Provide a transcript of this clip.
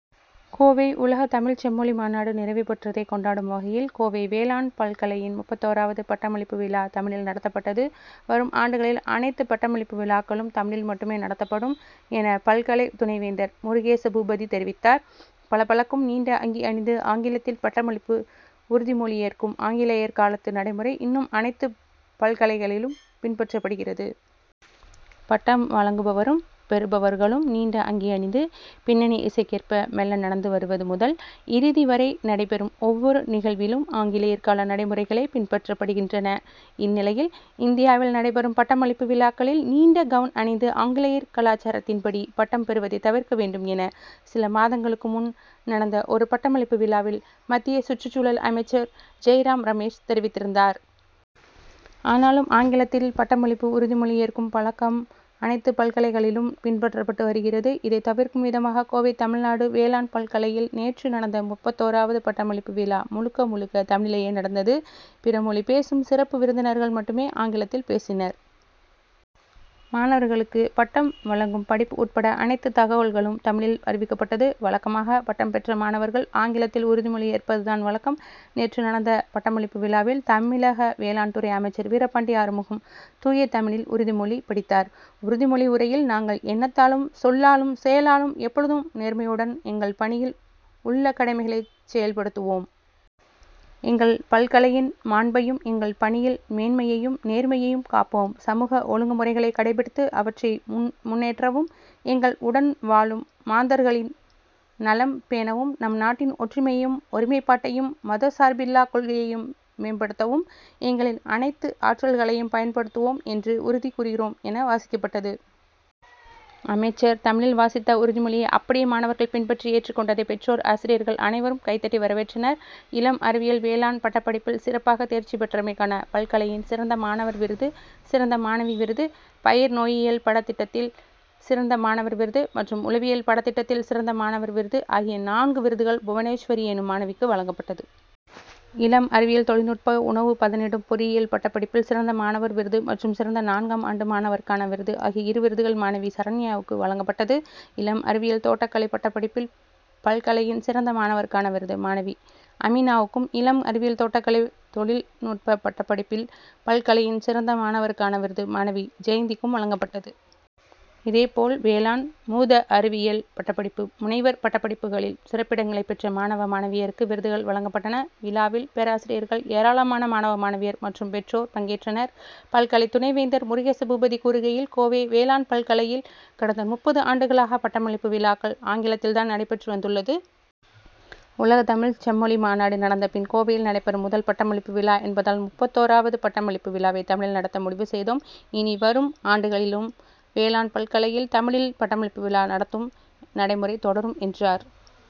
கோவை உலகத் தமிழ்ச் செம்மொழி மாநாடு நிறைவு பெற்றதை கொண்டாடும் வகையில், கோவை வேளாண் பல்கலையின் முப்பத்தோரவது பட்டமளிப்பு விழா தமிழில் நடத்தப்பட்டது. வரும் ஆண்டுகளில் அனைத்து பட்டமளிப்பு விழாக்களும் தமிழில் மட்டுமே நடத்தப்படும் என, பல்கலை துணைவேந்தர் முருகேசபூபதி தெரிவித்தார். பளபளக்கும் நீண்ட அங்கி அணிந்து ஆங்கிலத்தில் பட்டமளிப்பு உறுதிமொழி ஏற்கும் ஆங்கிலேயர் காலத்து நடைமுறை, இன்னும் அனைத்து பல்கலைகளிலும் பின்பற்றப்படுகிறது. பட்டம் வழங்குபவரும், பெறுபவர்களும் நீண்ட அங்கி அணிந்து பின்னணி இசைக்கேற்ப மெள்ள நடந்து வருவது முதல், இறுதி வரை நடைபெறும் ஒவ்வொரு நிகழ்விலும் ஆங்கிலேயர் கால நடைமுறைகளே பின்பற்றப்படுகின்றன. இந்நிலையில், இந்தியாவில் நடைபெறும் பட்டமளிப்பு விழாக்களில் நீண்ட கவுன் அணிந்து ஆங்கிலேயர் கலாச்சாரத்தின்படி பட்டம் பெறுவதை தவிர்க்க வேண்டும் என, சில மாதங்களுக்கு முன் நடந்த ஒரு பட்டமளிப்பு விழாவில் மத்திய சுற்றுச்சூழல் அமைச்சர் ஜெய்ராம்ரமேஷ் தெரிவித்திருந்தார். ஆனாலும் ஆங்கிலத்தில் பட் டமளிப்பு உறுதிமொழி ஏற் கும் பழக்கம் அனைத்து பல்கலை களிலும் பின்பற்றப்பட்டு வருகிற. இதை தவிர்க்கும் விதமாக, கோவை தமிழ்நாடு வேளாண் பல்கலையில் நேற்று நடந்த முப்பத்தோராவது பட்டமளிப்பு விழா, முழுக்க முழுக்க தமிழிலேயே நடந்தது. பிற மொழி பேசும் சிறப்பு விருந்தினர்கள் மட்டுமே ஆங்கிலத்தில் பேசினர். மாணவர்களுக்கு பட்டம் வழங்கும் படிப்பு உட்பட அனைத்து தகவல்களும் தமிழில் அறிவிக்கப்பட்டது. வழக்கமாக, பட்டம் பெற்ற மாணவர்கள் ஆங்கிலத்தில் உறுதிமொழி ஏற்பதுதான் வழக்கம். நேற்று நடந்த பட்டமளிப்பு விழாவில், தமிழக வேளாண் துறை அமைச்சர் வீரபாண்டி ஆறுமுகம் தூய தமிழில் உறுதி மொழி படித்தார். உறுதிமொழி உரையில் நாங்கள் எண்ணத்தாலும் சொல்லாலும், செயலாலும் எப்பொழுதும் நேர்மையுடன் எங்கள் பணியில் உள்ள கடமைகளைச் செயல்படுத்துவோம். எங்கள் பல்கலையின் மாண்பையும், எங்கள் பணியில் மேன்மையையும், நேர்மையையும் காப்போம். சமூக ஒழுங்குமுறைகளை கடைபிடித்து அவற்றை முன்னேற்றவும், எங்கள் உடன் வாழும் மாந்தர்களின் நலம் பேணவும், நம் நாட்டின் ஒற்றுமையையும், ஒருமைப்பாட்டையும் மதசார்பில்லா கொள்கையையும் மேம்படுத்தவும், எங்களின் அனைத்து ஆற்றல்களையும் பயன்படுத்துவோம் என்றும் உறுதி கூறுகிறோம் என, வாசிக்கப்பட்டது. அமைச்சர் தமிழில் வாசித்த உறுதிமொழியை அப்படியே மாணவர்கள் பின்பற்றி ஏற்றுக் கொண்டதை பெற்றோர், ஆசிரியர்கள் அனைவரும் கைதட்டி வரவேற்றனர். இளம் அறிவியல் வேளாண் பட்டப்படிப்பில் சிறப்பாக தேர்ச்சி பெற்றமைக்கான பல்கலையின் சிறந்த மாணவர் விருது, சிறந்த மாணவி விருது, பயிர் நோயியல் பாடத் திட்டத்தில் சிறந்த மாணவர் விருது மற்றும் உழவியல் பாடத்திட்டத்தில் சிறந்த மாணவர் விருது ஆகிய நான்கு விருதுகள் புவனேஸ்வரி எனும் மாணவிக்கு வழங்கப்பட்டது. இளம் அறிவியல் தொழில் நுட்ப, உணவு பதனிடும் பொறியியல் பட்டப்படிப்பில் சிறந்த மாணவர் விருது மற்றும் சிறந்த நான்காம் ஆண்டு மாணவருக்கான விருது ஆகிய இரு விருதுகள் மாணவி சரண்யாவுக்கு வழங்கப்பட்டது. இளம் அறிவியல் தோட்டக்கலை பட்டப்படிப்பில் பல்கலையின் சிறந்த மாணவருக்கான விருது மாணவி அமீனாவுக்கும், இளம் அறிவியல் தோட்டக்கலை தொழில் நுட்பப் பட்டப் படிப்பில் பல்கலையின் சிறந்த மாணவருக்கான விருது மாணவி ஜெயந்திக்கும் வழங்கப்பட்டது. இதே போல் வேளாண் மூதறிவியல் பட்டப்படிப்பு, முனைவர் பட்டப்படிப்புகளில் சிறப்பிடங்களை பெற்ற மாணவ, மாணவியருக்கு விருதுகள் வழங்கப்பட்டன. விழாவில், பேராசிரியர்கள், ஏராளமான மாணவ, மாணவியர் மற்றும் பெற்றோர் பங்கேற்றனர். பல்கலை துணைவேந்தர் முருகேசபூபதி கூறுகையில், கோவை வேளாண் பல்கலையில் கடந்த முப்பது ஆண்டுகளாக பட்டமளிப்பு விழாக்கள் ஆங்கிலத்தில்தான் நடைபெற்று வந்துள்ளது. உலகத் தமிழ்ச் செம்மொழி மாநாடு நடந்த பின் கோவையில் நடைபெறும் முதல் பட்டமளிப்பு விழா என்பதால், முப்பத்தோராவது பட்டமளிப்பு விழாவை தமிழில் நடத்த முடிவு செய்தோம். இனி வரும் ஆண்டுகளிலும் வேளாண் பல்கலையில் தமிழில் பட்டமளிப்பு விழா நடத்தும் நடைமுறை தொடரும், என்றார்.